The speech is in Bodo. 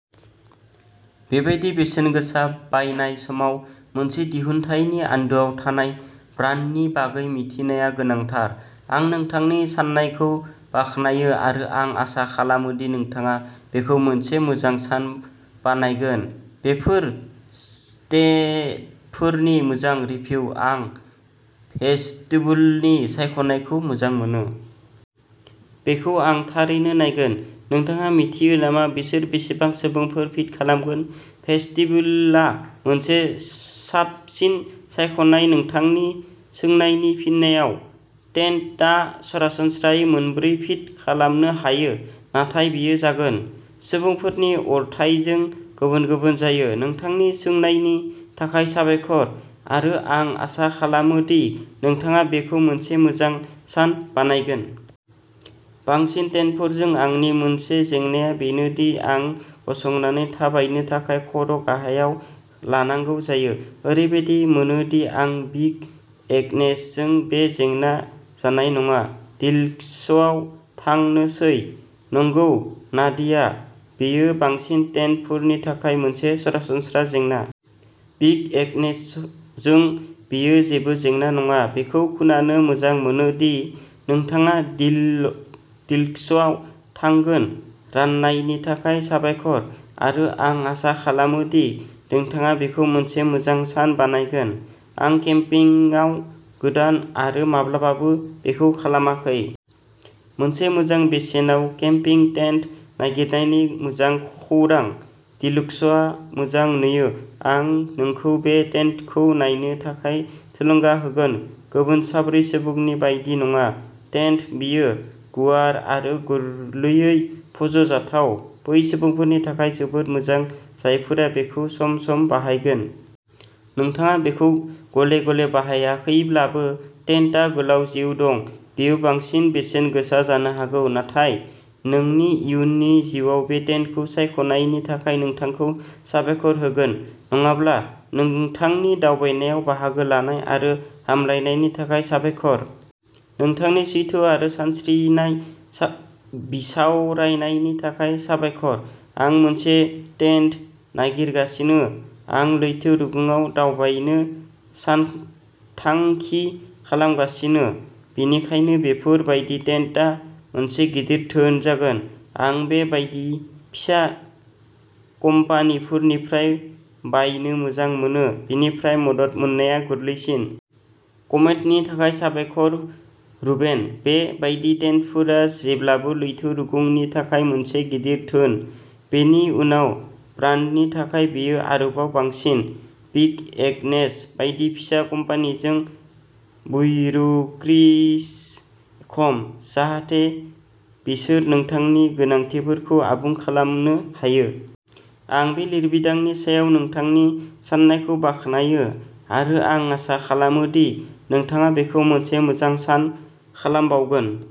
बेबादि बेसेन गोसा बायनाय समाव मोनसे दिहुनथायनि आन्दोआव थानाय ब्रान्डनि बागै मिथिनाया गोनांथार। आं नोंथांनि साननायखौ बाख्नायो आरो आं आसा खालामो दि नोंथाङा बेखौ मोनसे मोजां सान बानायगोन! बेफोर टेन्टफोरनि मोजां रिभिउ! आं भेस्टिबुलनि सायख'नायखौ मोजां मोनो! बेखौ आं थारैनो नायगोन। नोंथाङा मिन्थियो नामा बिसोर बेसेबां सुबुंफोर फिट खालामगोन? भेस्टिबुलआ मोनसे साबसिन सायख'नाय। नोंथांनि सोंनायनि फिननायाव, टेन्टआ सरासनस्रायै मोनब्रै फिट खालामनो हायो, नाथाय बेयो जागोन। सुबुंफोरनि अरथाइजों गुबुन-गुबुन जायो। नोंथांनि सोंनायनि थाखाय साबायखर आरो आं आसा खालामो दि नोंथाङा बेखौ मोनसे मोजां सान बानायगोन! बांसिन टेन्टफोरजों आंनि मोनसे जेंनाया बेनो दि आं गसंनानै थाबायनो थाखाय खर'गाहायाव लांनांगौ जायो। ओरैबायदि मोनो दि आं बिग एग्नेसजों बे जेंना जानाय नङा। डिलक्सआव थांनोसै! नंगौ नादिया, बेयो बांसिन टेन्टफोरनि थाखाय मोनसे सरासनस्रा जेंना। बिग एग्नेसजों, बेयो जेबो जेंना नङा। बेखौ खोनानो मोजां मोनो दि नोंथाङा डिल डिलक्सआव थांगोन। राननायनि थाखाय साबायखर आरो आं आसा खालामो दि नोंथाङा बेखौ मोनसे मोजां सान बानायगोन! आं केम्पिंगआव गोदान आरो माब्लाबाबो बेखौ खालामाखै। मोनसे मोजां बेसेनाव केम्पिं टेन्ट नागिरनायनि मोजां खौरां। डिलक्सआ मोजां नुयो। आं नोंखौ बे टेन्टखौ नायनो थाखाय थुलुंगा होगोन। गुबुन साब्रै सुबुंनि बायदि नङा। टेन्ट, बेयो गुवार आरो गोरलैयै फज'जाथाव, बै सुबुंफोरनि थाखाय जोबोद मोजां जायफोरा बेखौ सम-सम बाहायगोन। नोंथाङा बेखौ गले-गले बाहायाखैब्लाबो, टेन्टआ गोलाव जिउ दं। बेयो बांसिन बेसेन गोसा जानो हागौ, नाथाय नोंनि इयुननि जिउआ बे टेन्टखौ सायख'नायनि थाखाय नोंथांखौ साबायखर होगोन। नङाब्ला, नोंथांनि दावबायनायाव बाहागो लानाय आरो हामलायनायनि थाखाय साबायखर! नोंथांनि सैथो आरो सानस्रिनाय सा बिसावरायनायनि थाखाय साबायखर। आं मोनसे टेन्ड नागिरगासिनो, आं लैथो रुगुंआव दावबायनो सानथांखि खालामगासिनो, बेनिखायनो बेफोर बायदि टेन्टआ मोनसे गिदिर धोन जागोन। आं बे बायदि फिसा कम्पानिफोरनिफ्राय बायनो मोजां मोनो, बेनिफ्राय मदद मोननाया गोरलैसिन। कमेन्टनि थाखाय साबायखर रुबेन। बे बायदि टेन्टफोरा जेब्लाबो लैथो रुगुंनि थाखाय मोनसे गिदिर धोन। बेनि उनाव ब्रान्डनि थाखाय बेयो आरोबाव बांसिन। बिग एग्नेस बायदि फिसा कम्पानिजों, ब्युरोक्रेसि खम। जाहाथे बिसोर नोंथांनि गोनांथिफोरखौ आबुं खालामनो हायो। आं बे लिरबिदांनि सायाव नोंथांनि साननायखौ बाख्नायो आरो आं आसा खालामो दि नोंथाङा बेखौ मोनसे मोजां सान खालामबावगोन!